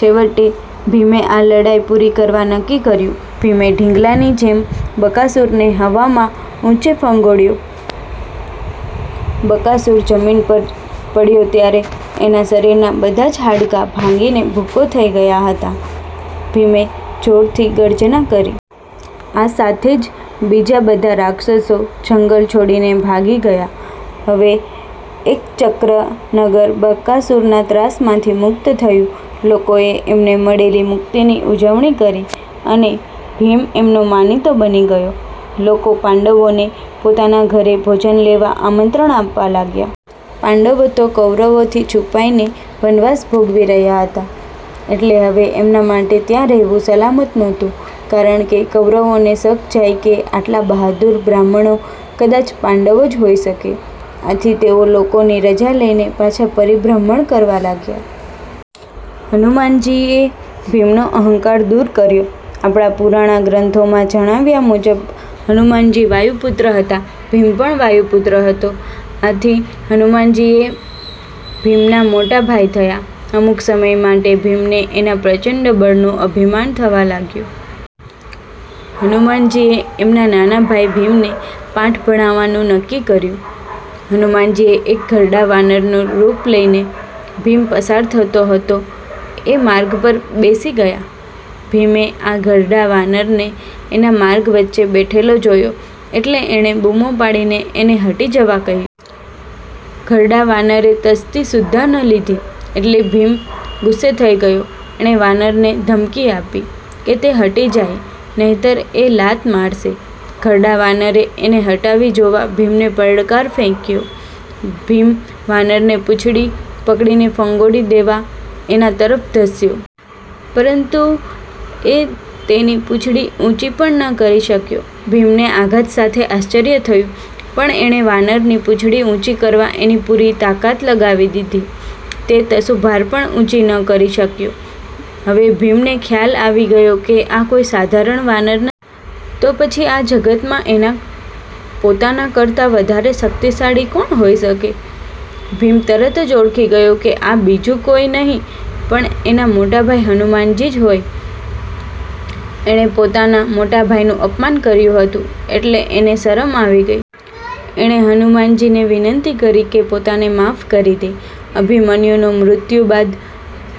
છેવટે ભીમે આ લડાઈ પૂરી કરવા નક્કી કર્યું. ભીમે ઢીંગલાની જેમ બકાસુરને હવામાં ઉંચે। ફંગોળ્યો. બકાસુર જમીન પર પડ્યો ત્યારે એના શરીરના બધા જ હાડકાં ભાંગીને ભુક્કો થઇ ગયા હતા. ભીમે જોરથી ગર્જના કરી. આ સાથે જ બીજા બધા રાક્ષસો જંગલ છોડીને ભાગી ગયા. હવે એકચક્ર નગર બકાસુરના ત્રાસમાંથી મુક્ત થયું. લોકોએ એમને મળેલી મુક્તિની ઉજવણી કરી અને ભીમ એમનો માનીતો બની ગયો. લોકો પાંડવોને પોતાના ઘરે ભોજન લેવા આમંત્રણ આપવા લાગ્યા. પાંડવો તો કૌરવોથી છુપાઈને વનવાસ ભોગવી રહ્યા હતા એટલે હવે એમના માટે ત્યાં રહેવું સલામત નહોતું કારણકે કૌરવોને શક જાય કે આટલા બહાદુર બ્રાહ્મણો કદાચ પાંડવો જ હોઈ શકે. આથી તેઓ લોકોની રજા લઈને પાછા પરિભ્રમણ કરવા લાગ્યા. હનુમાનજીએ ભીમનો અહંકાર દુર કર્યો આપણા પુરાણા ગ્રંથોમાં જણાવ્યા મુજબ હનુમાનજી વાયુપુત્ર હતા. ભીમ પણ વાયુપુત્ર હતો. આથી હનુમાનજી એ ભીમના મોટા ભાઈ થયા. અમુક સમય માટે ભીમને એના પ્રચંડ બળનું અભિમાન થવા લાગ્યું. હનુમાનજીએ એમના નાના ભાઈ ભીમને પાઠ ભણાવવાનું નક્કી કર્યું. હનુમાનજી એક ઘરડા વાનરનું રૂપ લઈને ભીમ પસાર થતો હતો એ માર્ગ પર બેસી ગયા. ભીમે આ ઘરડા વાનરને એના માર્ગ વચ્ચે બેઠેલો જોયો એટલે એણે બુમો પાડીને એને હટી જવા કહ્યું. ઘરડા વાનરે તસ્દી સુધ્ધાં ન લીધી એટલે ભીમ ગુસ્સે થઇ ગયો. એણે વાનરને ધમકી આપી કે તે હટી જાય નહીંતર એ લાત મારશે. ઘરડા વાનરે એને હટાવી જોવા ભીમને પડકાર ફેંક્યો. ભીમ વાનરને પૂંછડી પકડીને ફંગોળી દેવા એના તરફ ધસ્યો. પરંતુ... એ તેની પૂંછડી ઉંચી પણ ન કરી શક્યો! ભીમને આઘાત સાથે આશ્ચર્ય થયું પણ એણે વાનરની પૂંછડી ઉંચી કરવા એની પૂરી તાકાત લગાવી દીધી. તે તસુભાર પણ ઉંચી ન કરી શક્યો! હવે ભીમને ખ્યાલ આવી ગયો કે આ કોઈ સાધારણ વાનર નથી. તો પછી આ જગતમાં એના પોતાના કરતાં વધારે શક્તિશાળી કોણ હોઈ શકે? ભીમ તરત જ ઓળખી ગયો કે આ બીજું કોઈ નહીં પણ એના મોટા ભાઈ હનુમાનજી જ હોય. એણે પોતાના મોટા ભાઈનું અપમાન કર્યું હતું એટલે એને શરમ આવી ગઈ. એણે હનુમાનજીને વિનંતી કરી કે પોતાને માફ કરી દે. અભિમન્યુનો મૃત્યુ બાદ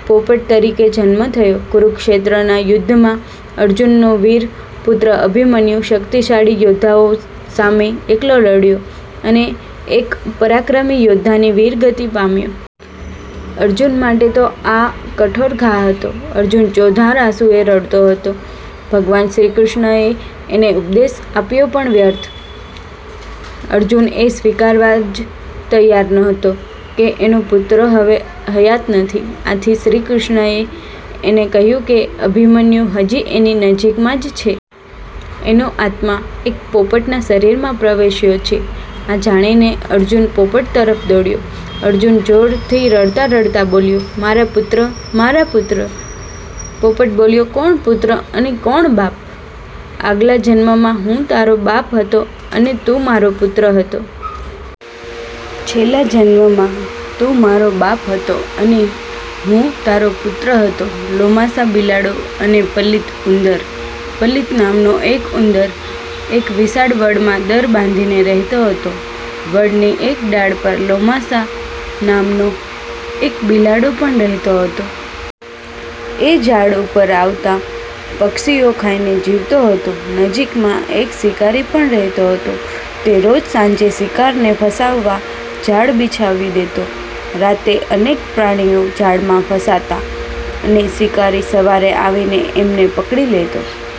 પોપટ તરીકે જન્મ થયો કુરુક્ષેત્રના યુદ્ધમાં અર્જુનનો વીર પુત્ર અભિમન્યુ શક્તિશાળી યોદ્ધાઓ સામે એકલો લડ્યો અને એક પરાક્રમી યોદ્ધાની વીરગતિ પામ્યો. અર્જુન માટે તો આ કઠોર ઘા હતો. અર્જુન ચોધાર આંસુએ રડતો હતો. ભગવાન શ્રીકૃષ્ણએ એને ઉપદેશ આપ્યો પણ વ્યર્થ. અર્જુન એ સ્વીકારવા જ તૈયાર નહોતો કે એનો પુત્ર હવે હયાત નથી. આથી શ્રીકૃષ્ણએ એને કહ્યું કે અભિમન્યુ હજી એની નજીકમાં જ છે. એનો આત્મા એક પોપટના શરીરમાં પ્રવેશ્યો છે. આ જાણીને અર્જુન પોપટ તરફ દોડ્યો. અર્જુન જોરથી રડતાં રડતાં બોલ્યો, "મારા પુત્ર! મારા પુત્ર! " પોપટ બોલ્યો, "કોણ પુત્ર અને કોણ બાપ? આગલા જન્મમાં હું તારો બાપ હતો અને તું મારો પુત્ર હતો. છેલ્લા જન્મમાં તું મારો બાપ હતો અને હું તારો પુત્ર હતો". લોમાસા બિલાડો અને પલિત ઉંદર પલિત નામનો એક ઉંદર એક વિશાળ વડમાં દર બાંધીને રહેતો હતો. વડની એક ડાળ પર લોમાસા નામનો એક બિલાડો પણ રહેતો હતો. એ ઝાડ ઉપર આવતા પક્ષીઓ ખાઈને જીવતો હતો. નજીકમાં એક શિકારી પણ રહેતો હતો. તે રોજ સાંજે શિકારને ફસાવવા જાળ બિછાવી દેતો. રાતે અનેક પ્રાણીઓ જાળમાં ફસાતાં અને શિકારી સવારે આવીને એમને પકડી લેતો.